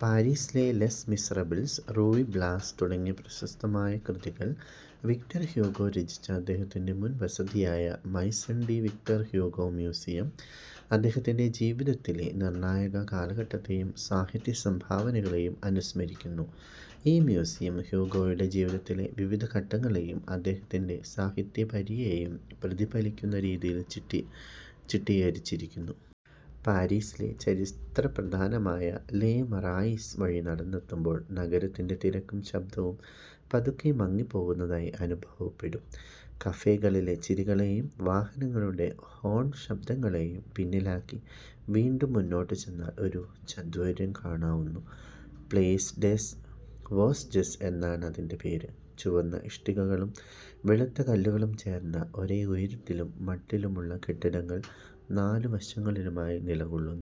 പാരീസിലെ Les Miserables, Ruy Blas തുടങ്ങിയ പ്രശസ്തമായ കൃതികൾ വിക്ടർ ഹ്യൂഗോ രചിച്ച അദ്ദേഹത്തിന്റെ മുൻ വസതിയായ Maison de Victor Hugo museum, അദ്ദേഹത്തിന്റെ ജീവിതത്തിലെ നിർണായക കാലഘട്ടത്തെയും സാഹിത്യ സംഭാവനകളെയും അനുസ്മരിക്കുന്നു. ഈ മ്യൂസിയം ഹ്യൂഗോയുടെ ജീവിതത്തിലെ വിവിധ ഘട്ടങ്ങളെയും അദ്ദേഹത്തിന്റെ സാഹിത്യസപര്യയെയും പ്രതിഫലിപ്പിക്കുന്ന രീതിയിൽ ചിട്ടീകരിച്ചിരിക്കുന്നു. പാരീസിലെ ചരിത്രപ്രധാനമായ ലെ മറായിസ് വഴി നടന്നെത്തുമ്പോൾ, നഗരത്തിന്റെ തിരക്കും ശബ്ദവും പതുക്കെ മങ്ങിപ്പോകുന്നതായി അനുഭവപ്പെടും. കഫേകളിലെ ചിരികളേയും വാഹനങ്ങളുടെ ഹോൺ ശബ്ദങ്ങളേയും പിന്നിലാക്കി വീണ്ടും മുന്നോട്ടു ചെന്നാൽ ഒരു ചത്വരം കാണാനാവുന്നു. പ്ലേസ് ഡെസ് വോസ്ജെസ് എന്നാണതിന്റെ പേര്. ചുവന്ന ഇഷ്ടികകളും വെളുത്ത കല്ലുകളും ചേർന്ന, ഒരേ ഉയരത്തിലും മട്ടിലുമുള്ള കെട്ടിടങ്ങൾ നാലു വശങ്ങളിലുമായി നിലകൊള്ളുന്നു.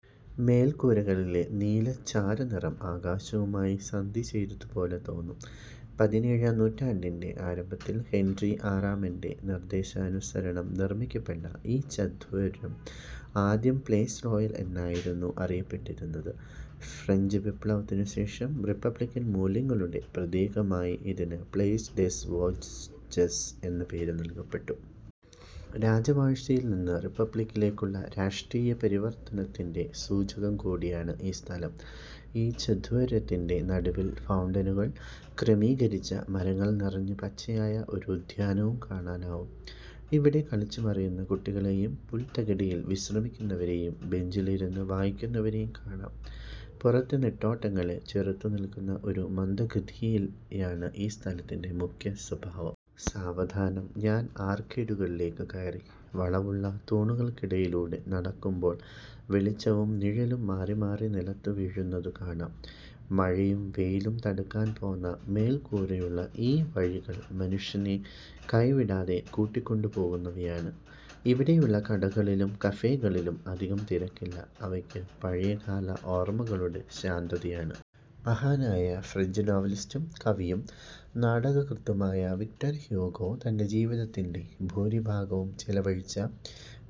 മേൽക്കൂരകളിലെ നീലച്ചാര നിറം ആകാശവുമായി സന്ധി ചെയ്തതുപോലെ തോന്നും. പതിനേഴാം നൂറ്റാണ്ടിന്റെ ആരംഭത്തിൽ ഹെൻറി ആറാമന്റെ നിർദ്ദേശാനുസരണം നിർമ്മിക്കപ്പെട്ട ഈ ചത്വരം ആദ്യം പ്ലേസ് റോയൽ എന്നായിരുന്നു അറിയപ്പെട്ടിരുന്നത്. ഫ്രഞ്ച് വിപ്ലവത്തിനു ശേഷം റിപ്പബ്ലിക്കൻ മൂല്യങ്ങളുടെ പ്രതീകമായി ഇതിന് പ്ലേസ് ഡെസ് വോസ്ജെസ് എന്ന പേര് നൽകപ്പെട്ടു. രാജവാഴ്ചയിൽ നിന്ന് റിപ്പബ്ലിക്കിലേക്കുള്ള രാഷ്ട്രീയപരിവർത്തനത്തിന്റെ സൂചകം കൂടിയാണ് ഈ സ്ഥലം. ഈ ചത്വരത്തിന്റെ നടുവിൽ ഫൗണ്ടനുകൾ ക്രമീകരിച്ച, മരങ്ങൾ നിറഞ്ഞു പച്ചയായ ഒരു ഉദ്യാനം കാണാനാവും. ഇവിടെ കളിച്ചു മറിയുന്ന കുട്ടികളേയും, പുൽത്തകിടിയിൽ വിശ്രമിക്കുന്നവരേയും ബെഞ്ചിൽ ഇരുന്ന് വായിക്കുന്നവരേയും കാണാം. പുറത്തെ നെട്ടോട്ടങ്ങളെ ചെറുത്തുനിൽക്കുന്ന ഒരു മന്ദഗതിയാണ് ഈ സ്ഥലത്തിന്റെ മുഖ്യസ്വഭാവം. സാവധാനം ഞാൻ ആർക്കേഡുകളിലേക്ക് കയറി. വളവുള്ള തൂണുകൾക്കടിയിലൂടെ നടക്കുമ്പോൾ വെളിച്ചവും നിഴലും മാറിമാറി നിലത്ത് വീഴുന്നതു കാണാം. മഴയും വെയിലും തടുക്കാൻ പോന്ന മേൽക്കൂരയുള്ള ഈ വഴികൾ മനുഷ്യനെ കൈവിടാതെ കൂട്ടിക്കൊണ്ടു പോകുന്നവയാണ്. ഇവിടെയുള്ള കടകളിലും കഫേകളിലും അധികം തിരക്കില്ല. അവയ്ക്ക് പഴയകാല ഓർമകളുടെ ശാന്തതയാണ്. മഹാനായ ഫ്രഞ്ച് നോവലിസ്റ്റും കവിയും നാടകകൃത്തുമായ വിക്ടർ ഹ്യൂഗോ തന്റെ ജീവിതത്തിന്റെ ഭൂരിഭാഗവും ചിലവഴിച്ച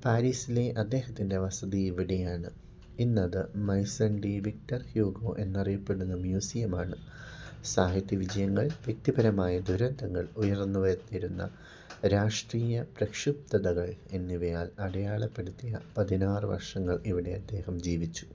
പാരീസിലെ അദ്ദേഹത്തിന്റെ വസതി ഇവിടെയാണ്. ഇന്നത് മൈസൺ ഡി വിക്ടർ ഹ്യൂഗോ എന്നറിയപ്പെടുന്ന മ്യൂസിയമാണ്. സാഹിത്യ വിജയങ്ങൾ, വ്യക്തിപരമായ ദുരന്തങ്ങൾ, ഉയർന്നുവന്നിരുന്ന രാഷ്ട്രീയ പ്രക്ഷുബ്ധതകൾ എന്നിവയാൽ അടയാളപ്പെടുത്തിയ പതിനാറ് വർഷങ്ങൾ ഇവിടെ അദ്ദേഹം ജീവിച്ചു.